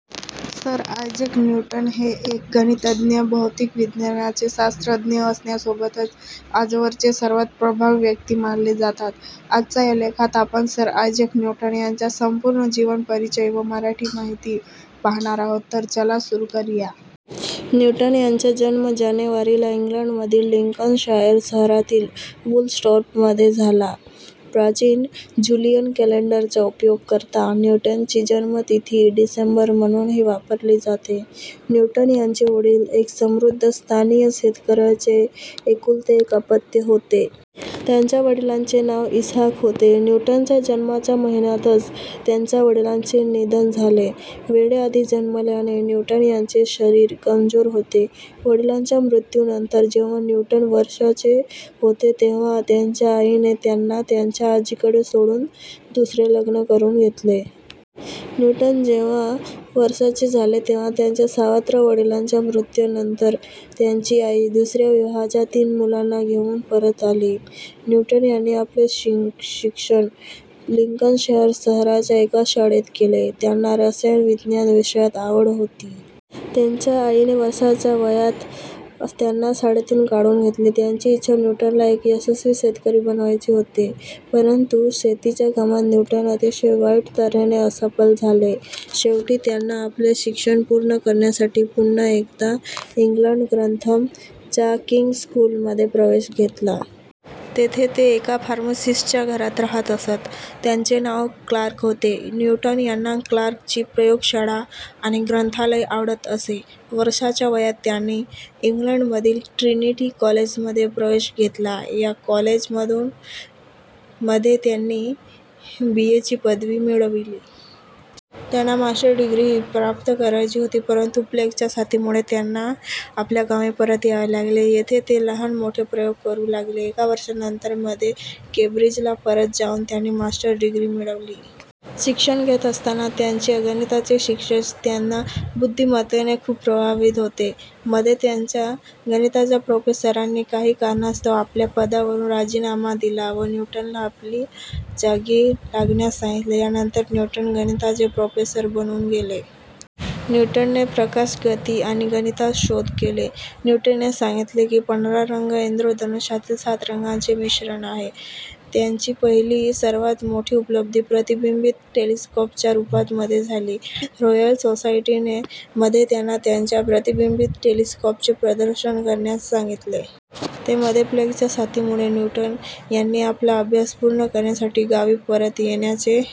: Sir Isaac Newton हे एक गणितज्ञ, भौतिक विज्ञानाचे शास्त्रज्ञ असण्यासोबतच आजवर चे सर्वात प्रभावी व्यक्ती मानले जातात. आजच्या या लेखात आपण सर आयझॅक न्यूटन यांचा संपूर्ण जीवन परिचय व मराठी माहिती पाहणार आहोत तर चला सुरू करुया. न्यूटन यांचा जन्म जानेवारी ला इंग्लंड मधील लिंकनशायर शहरातील वुलस्टोर्प मध्ये झाला. प्राचीन ज्युलियन कॅलेंडर चा उपयोग करता. न्यूटन ची जन्मतिथी डिसेंबर म्हणूनही वापरली जाते. न्यूटन यांचे वडील एक समृद्ध स्थानीय शेतकऱ्याचे एकुलते एक अपत्य होते. त्यांच्या वडिलांचे नाव इसहाक होते. न्यूटन च्या जन्माच्या महिन्यातच त्यांच्या वडिलांचे निधन झाले. वेळेआधी जन्मल्याने न्यूटन यांचे शरीर कमजोर होते. वडिलांच्या मृत्यूनंतर जेव्हा न्यूटन वर्षाचे होते तेव्हा त्यांच्या आईने त्यांना त्यांच्या आजीकडे सोडून दुसरे लग्न करून घेतले. न्यूटन जेव्हा वर्षाचे झाले तेव्हा त्यांच्या सावत्र वडिलांच्या मृत्यूनंतर त्यांची आई दुसऱ्या विवाहाच्या तीन मुलांना घेऊन परत आली. न्यूटन यांनी आपले शिक्षण लिंकनशायर शहराच्या एका शाळेत केले. त्यांना रसायन विज्ञान विषयात आवड होती. त्यांच्या आईने वर्षाच्या वयात त्यांना शाळेतून काढून घेतले. त्यांची इच्छा न्यूटन ला एक यशस्वी शेतकरी बनवायची होते. परंतु शेतीच्या कामात न्यूटन अतिशय वाईट तऱ्हेने असफल झाले. शेवटी त्यांना आपले शिक्षण पूर्ण करण्यासाठी पुन्हा एकदा इंग्लंड ग्रंथम च्या किंग्ज स्कूल मध्ये प्रवेश घेतला. तेथे ते एका फार्मसिस्ट च्या घरात राहत असत. त्यांचे नाव क्लार्क होते. न्यूटन यांना क्लार्क ची प्रयोगशाळा आणि ग्रंथालय आवडत असे. वर्षाच्या वयात त्यांनी इंग्लंड मधील ट्रिनिटी कॉलेज मध्ये प्रवेश घेतला, या कॉलेज मधून मध्ये त्यांनी बीए ची पदवी मिळवली. त्यांना मास्टर डिग्री ही प्राप्त करायची होती परंतु प्लेग च्या साथीमुळे त्यांना आपल्या गावी परत यावे लागले. येथे ते लहान मोठे प्रयोग करू लागले. एका वर्षानंतर मध्ये केंब्रिज परत जाऊन त्यांनी मास्टर डिग्री मिळवली. शिक्षण घेत असताना त्यांचे गणिताचे शिक्षक त्यांच्या बुद्धिमत्तेने खूप प्रभावित होते, मध्ये त्यांच्या गणिताच्या प्रोफेसरांनी काही कारणास्तव आपल्या पदावरून राजीनामा दिला व न्यूटन ला आपल्या जागी लागण्यास सांगितले. यानंतर न्यूटन गणिताचे प्रोफेसर बनून गेले. न्यूटन ने प्रकाश, गती आणि गणितात शोध केले. न्यूटन ने सांगितले की पांढरा रंग इंद्रधनुष्यातील सात रंगांचे मिश्रण आहे. त्यांची पहिली सर्वात मोठी उपलब्धि प्रतिबिंबित टेलिस्कॉप च्या रूपात मध्ये झाली. रॉयल सोसायटी ने मध्ये त्यांना त्यांच्या प्रतिबिंबित टेलिस्कॉप चे प्रदर्शन करण्यास सांगितले. ते मध्ये प्लेग च्या साथीमुळे न्यूटन यांनी आपला अभ्यास पूर्ण करण्यासाठी गावी परत येण्याचे